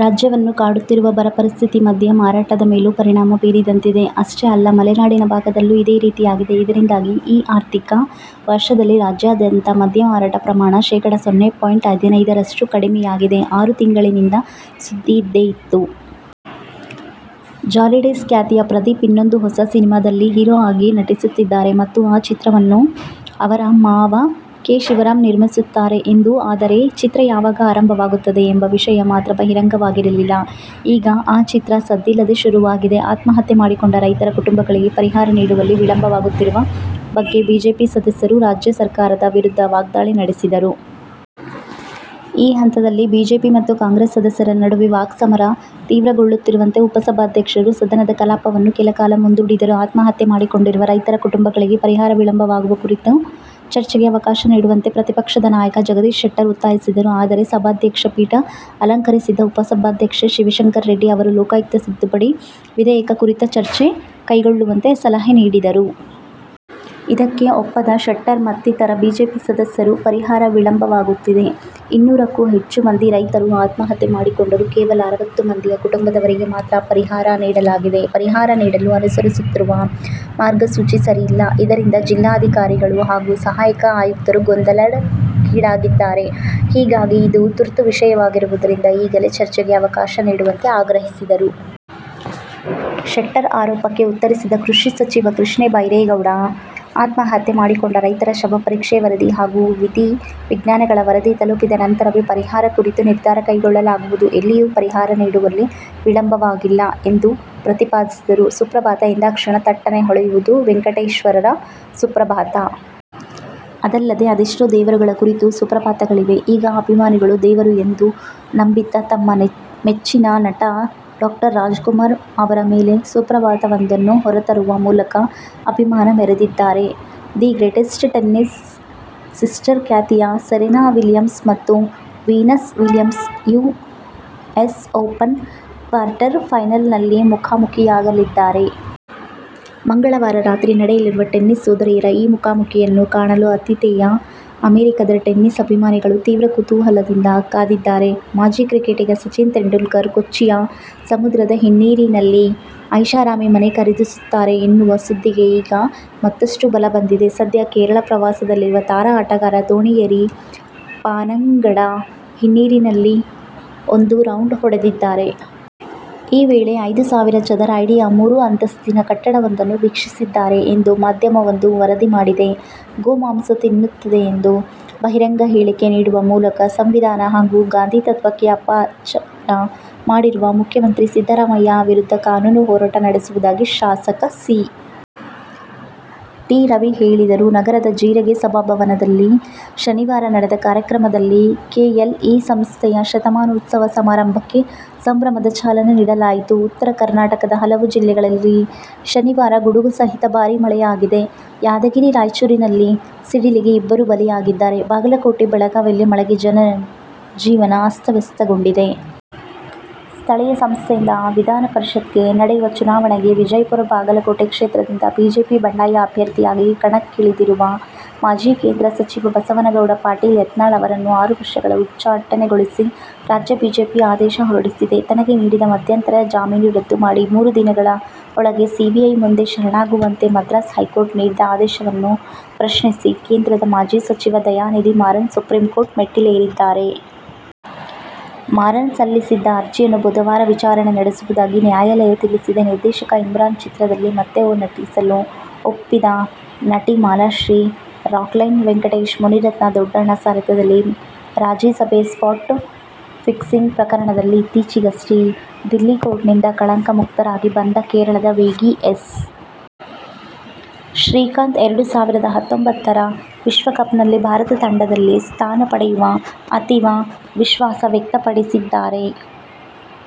ರಾಜ್ಯವನ್ನು ಕಾಡುತ್ತಿರುವ ಬರ ಪರಿಸ್ಥಿತಿ ಮದ್ಯ ಮಾರಾಟದ ಮೇಲೂ ಪರಿಣಾಮ ಬೀರಿದಂತಿದೆ. ಅಷ್ಟೇ ಅಲ್ಲ, ಮಲೆನಾಡಿನ ಭಾಗದಲ್ಲೂ ಇದೇ ರೀತಿಯಾಗಿದೆ. ಇದರಿಂದಾಗಿ ಈ ಆರ್ಥಿಕ ವರ್ಷದಲ್ಲಿ ರಾಜ್ಯಾದ್ಯಂತ ಮದ್ಯ ಮಾರಾಟ ಪ್ರಮಾಣ ಶೇಖಡ ಸೊನ್ನೆ ಪಾಯಿಂಟ್ ಹದಿನೈದರಷ್ಟು ಕಡಿಮೆಯಾಗಿದೆ. ಆರು ತಿಂಗಳಿನಿಂದ ಸುದ್ದಿ ಇದ್ದೇ ಇತ್ತು. ಜಾಲಿಡೇಸ್' ಖ್ಯಾತಿಯ ಪ್ರದೀಪ್ ಇನ್ನೊಂದು ಹೊಸ ಸಿನಿಮಾದಲ್ಲಿ ಹೀರೋ ಆಗಿ ನಟಿಸುತ್ತಿದ್ದಾರೆ ಮತ್ತು ಆ ಚಿತ್ರವನ್ನು ಅವರ ಮಾವ ಕೆ. ಶಿವರಾಂ ನಿರ್ಮಿಸುತ್ತಾರೆ ಎಂದು. ಆದರೆ, ಚಿತ್ರ ಯಾವಾಗ ಆರಂಭವಾಗುತ್ತದೆ ಎಂಬ ವಿಷಯ ಮಾತ್ರ ಬಹಿರಂಗವಾಗಿರಲಿಲ್ಲ. ಈಗ ಆ ಚಿತ್ರ ಸದ್ದಿಲ್ಲದೆ ಶುರುವಾಗಿದೆ. ಆತ್ಮಹತ್ಯೆ ಮಾಡಿಕೊಂಡ ರೈತರ ಕುಟುಂಬಗಳಿಗೆ ಪರಿಹಾರ ನೀಡುವಲ್ಲಿ ವಿಳಂಬವಾಗುತ್ತಿರುವ ಬಗ್ಗೆ ಬಿಜೆಪಿ ಸದಸ್ಯರು ರಾಜ್ಯ ಸರ್ಕಾರದ ವಿರುದ್ಧ ವಾಗ್ಧಾಳಿ ನಡೆಸಿದರು. ಈ ಹಂತದಲ್ಲಿ ಬಿಜೆಪಿ ಮತ್ತು ಕಾಂಗ್ರೆಸ್ ಸದಸ್ಯರ ನಡುವೆ ವಾಕ್ಸಮರ ತೀವ್ರಗೊಳ್ಳುತ್ತಿರುವಂತೆ ಉಪಸಭಾಧ್ಯಕ್ಷರು ಸದನದ ಕಲಾಪವನ್ನು ಕೆಲಕಾಲ ಮುಂದೂಡಿದರು. ಆತ್ಮಹತ್ಯೆ ಮಾಡಿಕೊಂಡಿರುವ ರೈತರ ಕುಟುಂಬಗಳಿಗೆ ಪರಿಹಾರ ವಿಳಂಬವಾಗುವ ಕುರಿತು ಚರ್ಚೆಗೆ ಅವಕಾಶ ನೀಡುವಂತೆ ಪ್ರತಿಪಕ್ಷದ ನಾಯಕ ಜಗದೀಶ್ ಶೆಟ್ಟರ್ ಒತ್ತಾಯಿಸಿದರು. ಆದರೆ, ಸಭಾಧ್ಯಕ್ಷ ಪೀಠ ಅಲಂಕರಿಸಿದ್ದ ಉಪಸಭಾಧ್ಯಕ್ಷ ಶಿವಶಂಕರರೆಡ್ಡಿ ಅವರು ಲೋಕಾಯುಕ್ತ ತಿದ್ದುಪಡಿ ವಿಧೇಯಕ ಕುರಿತ ಚರ್ಚೆ ಕೈಗೆತ್ತಿಕೊಳ್ಳುವಂತೆ ಸಲಹೆ ನೀಡಿದರು. ಇದಕ್ಕೆ ಒಪ್ಪದ ಶೆಟ್ಟರ್ ಮತ್ತಿತರ ಬಿಜೆಪಿ ಸದಸ್ಯರು ಪರಿಹಾರ ವಿಳಂಬವಾಗುತ್ತಿದೆ. ಇನ್ನೂರಕ್ಕೂ ಹೆಚ್ಚು ಮಂದಿ ರೈತರು ಆತ್ಮಹತ್ಯೆ ಮಾಡಿಕೊಂಡರೂ ಕೇವಲ ಅರವತ್ತು ಮಂದಿಯ ಕುಟುಂಬದವರಿಗೆ ಮಾತ್ರ ಪರಿಹಾರ ನೀಡಲಾಗಿದೆ. ಪರಿಹಾರ ನೀಡಲು ಅನುಸರಿಸುತ್ತಿರುವ ಮಾರ್ಗಸೂಚಿ ಸರಿಯಿಲ್ಲ. ಇದರಿಂದ ಜಿಲ್ಲಾಧಿಕಾರಿಗಳು ಹಾಗೂ ಸಹಾಯಕ ಆಯುಕ್ತರು ಗೊಂದಲಕ್ಕೀಡಾಗಿದ್ದಾರೆ. ಹೀಗಾಗಿ ಇದು ತುರ್ತು ವಿಷಯವಾಗಿರುವುದರಿಂದ ಈಗಲೇ ಚರ್ಚೆಗೆ ಅವಕಾಶ ನೀಡುವಂತೆ ಆಗ್ರಹಿಸಿದರು. ಶೆಟ್ಟರ್ ಆರೋಪಕ್ಕೆ ಉತ್ತರಿಸಿದ ಕೃಷಿ ಸಚಿವ ಕೃಷ್ಣ ಬೈರೇಗೌಡ, ಆತ್ಮಹತ್ಯೆ ಮಾಡಿಕೊಂಡ ರೈತರ ಶವಪರೀಕ್ಷೆ ವರದಿ ಹಾಗೂ ವಿಧಿ ವಿಜ್ಞಾನಗಳ ವರದಿ ತಲುಪಿದ ನಂತರವೇ ಪರಿಹಾರ ಕುರಿತು ನಿರ್ಧಾರ ಕೈಗೊಳ್ಳಲಾಗುವುದು. ಎಲ್ಲಿಯೂ ಪರಿಹಾರ ನೀಡುವಲ್ಲಿ ವಿಳಂಬವಾಗಿಲ್ಲ ಎಂದು ಪ್ರತಿಪಾದಿಸಿದರು. ಸುಪ್ರಭಾತ ಎಂದಾಕ್ಷಣ ಥಟ್ಟನೆ ಹೊಳೆಯುವುದು ವೆಂಕಟೇಶ್ವರ ಸುಪ್ರಭಾತ. ಅದಲ್ಲದೆ ಅದೆಷ್ಟೋ ದೇವರುಗಳ ಕುರಿತು ಸುಪ್ರಭಾತಗಳಿವೆ. ಈಗ ಅಭಿಮಾನಿಗಳು, ದೇವರು ಎಂದು ನಂಬಿದ್ದ ತಮ್ಮ ಮೆಚ್ಚಿನ ನಟ ಡಾ. ರಾಜ್ಕುಮಾರ್ ಅವರ ಮೇಲೆ ಸುಪ್ರಭಾತವೊಂದನ್ನು ಹೊರತರುವ ಮೂಲಕ ಅಭಿಮಾನ ಮೆರೆದಿದ್ದಾರೆ. ದಿ ಗ್ರೇಟೆಸ್ಟ್ ಟೆನ್ನಿಸ್ ಸಿಸ್ಟರ್' ಖ್ಯಾತಿಯ ಸೆರೆನಾ ವಿಲಿಯಮ್ಸ್ ಮತ್ತು Venus Williams US Open quarter ಫೈನಲ್ನಲ್ಲಿ ಮುಖಾಮುಖೀಯಾಗಲಿದ್ದಾರೆ. ಮಂಗಳವಾರ ರಾತ್ರಿ ನಡೆಯಲಿರುವ ಟೆನ್ನಿಸ್ ಸೋದರಿಯರ ಈ ಮುಖಾಮುಖೀಯನ್ನು ಕಾಣಲು ಆತಿಥೇಯ ಅಮೆರಿಕದ ಟೆನ್ನಿಸ್ ಅಭಿಮಾನಿಗಳು ತೀವ್ರ ಕುತೂಹಲದಿಂದ ಕಾದಿದ್ದಾರೆ. ಮಾಜಿ ಕ್ರಿಕೆಟಿಗ ಸಚಿನ್ ತೆಂಡುಲ್ಕರ್ ಕೊಚ್ಚಿಯ ಸಮುದ್ರದ ಹಿನ್ನೀರಿನಲ್ಲಿ ಐಷಾರಾಮಿ ಮನೆ ಖರೀದಿಸುತ್ತಾರೆ ಎನ್ನುವ ಸುದ್ದಿಗೆ ಈಗ ಮತ್ತಷ್ಟು ಬಲ ಬಂದಿದೆ. ಸದ್ಯ ಕೇರಳ ಪ್ರವಾಸದಲ್ಲಿರುವ ತಾರಾ ಆಟಗಾರ ದೋಣಿಯೇರಿ ಪಾನಂಗಡ ಹಿನ್ನೀರಿನಲ್ಲಿ ಒಂದು ರೌಂಡ್ ಹೊಡೆದಿದ್ದಾರೆ. ಈ ವೇಳೆ ಐದು ಸಾವಿರ ಚದರ ಅಡಿಯ ಮೂರು ಅಂತಸ್ತಿನ ಕಟ್ಟಡವೊಂದನ್ನು ವೀಕ್ಷಿಸಿದ್ದಾರೆ ಎಂದು ಮಾಧ್ಯಮವೊಂದು ವರದಿ ಮಾಡಿದೆ. ಗೋಮಾಂಸ ತಿನ್ನುತ್ತೇನೆಂದು ಬಹಿರಂಗ ಹೇಳಿಕೆ ನೀಡುವ ಮೂಲಕ ಸಂವಿಧಾನ ಹಾಗೂ ಗಾಂಧಿತತ್ವಕ್ಕೆ ಅಪಚಾರ ಮಾಡಿರುವ ಮುಖ್ಯಮಂತ್ರಿ ಸಿದ್ದರಾಮಯ್ಯ ವಿರುದ್ಧ ಕಾನೂನು ಹೋರಾಟ ನಡೆಸುವುದಾಗಿ ಶಾಸಕ ಸಿ. ಟಿ. ರವಿ ಹೇಳಿದರು. ನಗರದ ಜೀರಗೆ ಸಭಾಭವನದಲ್ಲಿ ಶನಿವಾರ ನಡೆದ ಕಾರ್ಯಕ್ರಮದಲ್ಲಿ ಕೆಎಲ್ಇ ಸಂಸ್ಥೆಯ ಶತಮಾನೋತ್ಸವ ಸಮಾರಂಭಕ್ಕೆ ಸಂಭ್ರಮದ ಚಾಲನೆ ನೀಡಲಾಯಿತು. ಉತ್ತರ ಕರ್ನಾಟಕದ ಹಲವು ಜಿಲ್ಲೆಗಳಲ್ಲಿ ಶನಿವಾರ ಗುಡುಗು ಸಹಿತ ಭಾರೀ ಮಳೆಯಾಗಿದೆ. ಯಾದಗಿರಿ, ರಾಯಚೂರಿನಲ್ಲಿ ಸಿಡಿಲಿಗೆ ಇಬ್ಬರು ಬಲಿಯಾಗಿದ್ದಾರೆ. ಬಾಗಲ ಕೋಟೆ, ಬೆಳಗಾವಿಯಲ್ಲಿ ಮಳೆಗೆ ಜನಜೀವನ ಅಸ್ತವ್ಯಸ್ತಗೊಂಡಿದೆ. ಸ್ಥಳೀಯ ಸಂಸ್ಥೆಯಿಂದ ವಿಧಾನಪರಿಷತ್ಗೆ ನಡೆಯುವ ಚುನಾವಣೆಗೆ ವಿಜಯಪುರ-ಬಾಗಲಕೋಟೆ ಕ್ಷೇತ್ರದಿಂದ ಬಿಜೆಪಿ ಬಂಡಾಯ ಅಭ್ಯರ್ಥಿಯಾಗಿ ಕಣಕ್ಕಿಳಿದಿರುವ ಮಾಜಿ ಕೇಂದ್ರ ಸಚಿವ ಬಸನಗೌಡ ಪಾಟೀಲ್ ಯತ್ನಾಳ್ ಅವರನ್ನು ಆರು ವರ್ಷಗಳ ಉಚ್ಛಾಟನೆಗೊಳಿಸಿ ರಾಜ್ಯ ಬಿಜೆಪಿ ಆದೇಶ ಹೊರಡಿಸಿದೆ. ತನಗೆ ನೀಡಿದ ಮಧ್ಯಂತರ ಜಾಮೀನು ರದ್ದು ಮಾಡಿ, ಮೂರು ದಿನಗಳ ಒಳಗೆ ಸಿಬಿಐ ಮುಂದೆ ಶರಣಾಗುವಂತೆ ಮದ್ರಾಸ್ ಹೈಕೋರ್ಟ್ ನೀಡಿದ ಆದೇಶವನ್ನು ಪ್ರಶ್ನಿಸಿ ಕೇಂದ್ರದ ಮಾಜಿ ಸಚಿವ ದಯಾನಿಧಿ ಮಾರನ್ ಸುಪ್ರೀಂಕೋರ್ಟ್ ಮೆಟ್ಟಿಲೇರಿದ್ದಾರೆ. ಮಾರನ್ ಸಲ್ಲಿಸಿದ್ದ ಅರ್ಜಿಯನ್ನು ಬುಧವಾರ ವಿಚಾರಣೆ ನಡೆಸುವುದಾಗಿ ನ್ಯಾಯಾಲಯ ತಿಳಿಸಿದೆ. ನಿರ್ದೇಶಕ ಇಮ್ರಾನ್ ಚಿತ್ರದಲ್ಲಿ ಮತ್ತೆ ನಟಿಸಲು ಒಪ್ಪಿದ ನಟಿ ಮಾಲಾಶ್ರೀ ರಾಕ್ಲೈನ್ ವೆಂಕಟೇಶ್, ಮುನಿರತ್ನ, ದೊಡ್ಡಣ್ಣ ಸಾರಥ್ಯದಲ್ಲಿ ರಾಜಿ ಸಭೆ. ಸ್ಪಾಟ್ ಫಿಕ್ಸಿಂಗ್ ಪ್ರಕರಣದಲ್ಲಿ ಇತ್ತೀಚೆಗಷ್ಟೇ ದಿಲ್ಲಿ ಕೋರ್ಟ್ನಿಂದ ಕಳಂಕ ಮುಕ್ತರಾಗಿ ಬಂದ ಕೇರಳದ ವೇಗಿ ಎಸ್. ಶ್ರೀಶಾಂತ್, ಎರಡು ಸಾವಿರದ ಹತೊಂಬತ್ತರ ವಿಶ್ವಕಪ್ನಲ್ಲಿ ಭಾರತ ತಂಡದಲ್ಲಿ ಸ್ಥಾನ ಪಡೆಯುವ ಅತೀವ ವಿಶ್ವಾಸ ವ್ಯಕ್ತಪಡಿಸಿದ್ದಾರೆ.